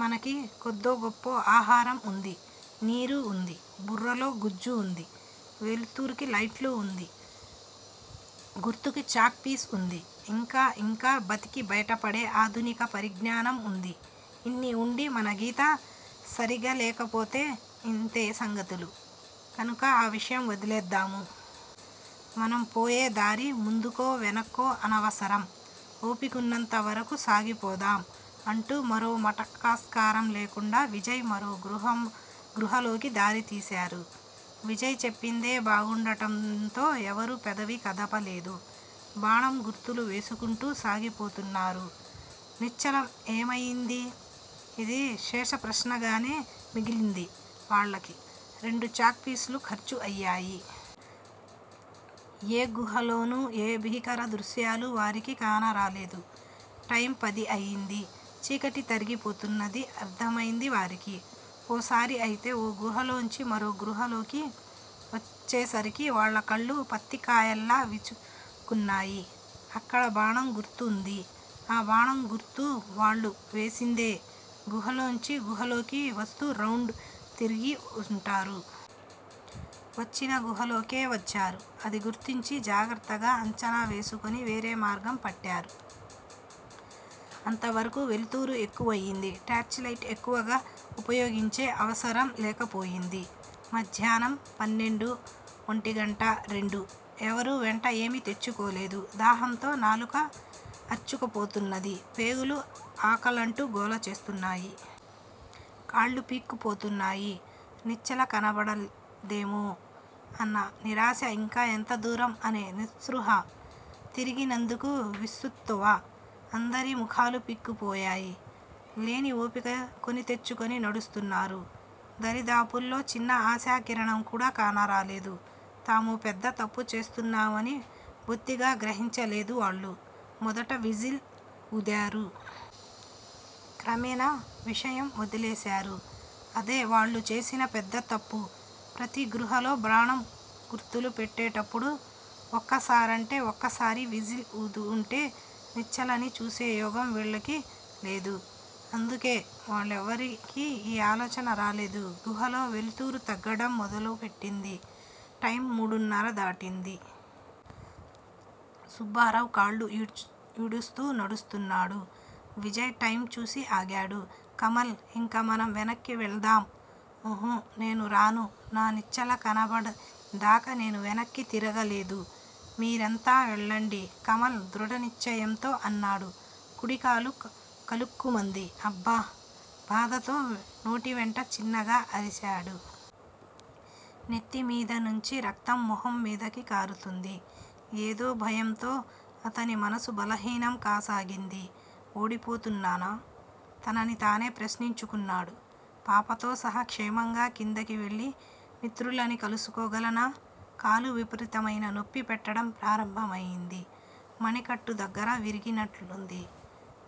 మనకి కొద్దో గొప్పో ఆహారం వుంది. నీరు వుంది. బుర్రలో గుజ్జువుంది. వేలుతురుకి లైటు వుంది. గుర్తుకి చాక్ పీసు వుంది. ఇంకా ఇంకా బతికి బయట పడే ఆదునిక పరిజ్ఞానం వుంది. ఇన్ని వుండి మన గీత సరీగలేకపోతె ఇంతే సంగతులు. కానుక ఆ విషయం వదిలేద్దాము. మనం పోయే దారి ముందుకో వెనక్కో అనవసరం, ఓపికున్నంతవరకూ సాగిపోదాం అంటూ మరో మాటకాస్కారం లేకుండా విజయ్ మరో గుహాలోకి దారితీశారు. విజయ్ చెప్పిందే బాగుండటంతో ఎవరూ పెదవి కదపలేదు. బాణం గుర్తులు వేసుకుంటూ సాగిపోతున్నారు. నిశ్చల ఏమయింది? ఇది శేషప్రశ్నగానే మిగిలింది వాళ్ళకి. రెండు చాక్ పీసులు ఖర్చు అయ్యాయి. ఏ గుహాలోనూ ఏ భీకరదృశ్యాలు వారికి కానరాలేదు. టైము పది అయింది. చీకటి తరిగిపోతున్నది అర్దమైంది వారికి. ఓసారి అయితే ఓ గుహలోంచి మరో గుహలోకి వచ్చేసరికి వాళ్ళ కళ్ళు పత్తికయాల్లా విచ్చుకున్నాయి. అక్కడ బాణం గుర్తువుంది. ఆ బాణం గుర్తు వాళ్ళు. వేసిందే. గుహలోంచి గుహలోకి వస్తూ రౌండ్ తిరిగి వుంటారు. వచ్చిన గుహలోకే వచ్చారు. అది గుర్తించి జాగ్రత్తగా అంచనా వేసుకుని వేరే మార్గం పట్టారు. అంతవరకూ వెలుతురు ఎక్కువయింది. టార్చిలైటు ఎక్కువుగా వుపయోగించే అవసరం లేక పోయింది. మధ్యాహ్నం పన్నెండు. వంటిగంట. రెండు. ఎవరూ వెంట ఏమీ తెచ్చుకోలేదు దాహంతో నాలుక అర్చుకుపోతున్నది. పేగులు ఆకలంటూ గోల చేస్తున్నాయి. కాళ్ళు పీక్కుపోతున్నాయి. నిశ్చల కనబడదేమో అన్న నిరాశ ఇంకా ఎంత దూరం అనే నిస్పృహా. తిరిగినందుకు విస్సత్తువ. అందరి ముఖాలు పీక్కుపోయాయి. లేని ఓపిక కొని తెచ్చుకుని నడుస్తున్నారు. దరిదాపుల్లో చిన్న ఆశాకిరణంకూడా కానరాలేదు. తామో పెద్ద తప్పు చేస్తున్నామని బొత్తిగా గ్రహించలేదు వాళ్ళు. మొదట విజిల్ వూదారు. క్రమేనా విషయం వదిలేశారు. అదే వాళ్ళు చేసిన పెద్ద తప్పు. ప్రతి గుహలో బాణం గుర్తులు పెట్టేటప్పుడు ఒక్కసారంటే అక్కసారి విజిల్ ఊదివుంటే నిశ్చలని చూసే యోగం వీళ్ళకి లేదు. అందుకే వాళ్ళెవరికీ ఈ ఆలోచన రాలేదు. గుహలో వెలుతురు తగ్గటం మొదలుపెట్టింది. టైము మూడున్నర దాటింది. సుబ్బారావు కళ్ళు ఈడుస్తూ నడుస్తున్నాడు. విజయ్ టైము చూసి ఆగాడు. కమల్! ఇంక మనం వెనక్కీ వెళదాం! ఊహూ నేనురాను. నా నిశ్చల కనబడిందాకా నేను వెనక్కీ తిరిగేలేదు. మీరంతా వెళ్ళండి కమల్ ధృడనిశ్చయంతో అన్నాడు. కుడికాలు కలుక్కుమంది. అబ్బా! బాధతో నోటివెంట చిన్నగా అరిచాడు. నెత్తిమీద నుంచి రక్తం మొహం మీదకి కారుతోంది. ఏదో భయంతో అతని మనసు బలహీనం కాసాగింది. ఓడిపోతున్నానా? తనని తానే ప్రశ్నించుకున్నాడు. పాపతో సహా క్షేమంగా కిందకి వెళ్ళి మిత్రులని కలుసుకోగలనా? కాలు విపరీతమైన నొప్పి పెట్టడం ప్రారంభమైంది. మణి కట్టుదగ్గర విరిగనట్టుంది.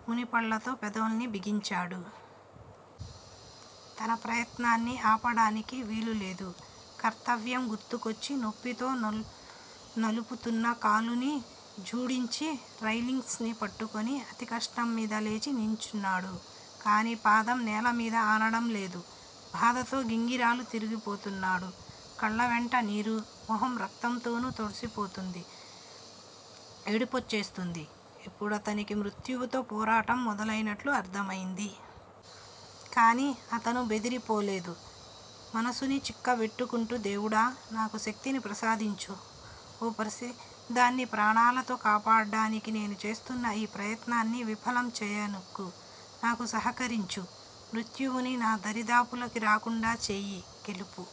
మునిపళ్ళతో పెదిమల్ని బిగించాడు. తన ప్రయత్నాన్ని ఆపడానికి వీలులేదు. కర్తవ్యం గుర్తుకొచ్చి నొప్పితో నలుపుతున్న కాలుని ఝాడించి రైలింగ్స్ ని పట్టుకుని అతికష్టంమీద లేచి నించున్నాడు. కానీ పాదం నేలమీద ఆనడంలేదు. బాధతో గింగిరాలు తిరిగిపోతున్నాడు. కళ్ళవెంట నీరు, మొహం రక్తంతోనూ తడిసిపోతోంది. ఏడుపొచ్చేసింది. ఇప్పుడతనికి మృత్యువుతో పోరాటం మొదలైనట్లు అర్ధమైంది. కానీ అతను బెదిరిపోలేదు. మనసుని చిక్కబెట్టుకుంటూ దేవుడా! నాకు శక్తిని ప్రసాదించు ఓ పసిదాన్ని ప్రాణాలతో కాపాడ్డానికి నేను చేస్తున్నఈ ప్రయత్నాన్ని విఫలం చేయకు. నాకు సహకరించు, మృత్యువుని నా దరిదాపులకి రాకుండా చేయి. గెలుపు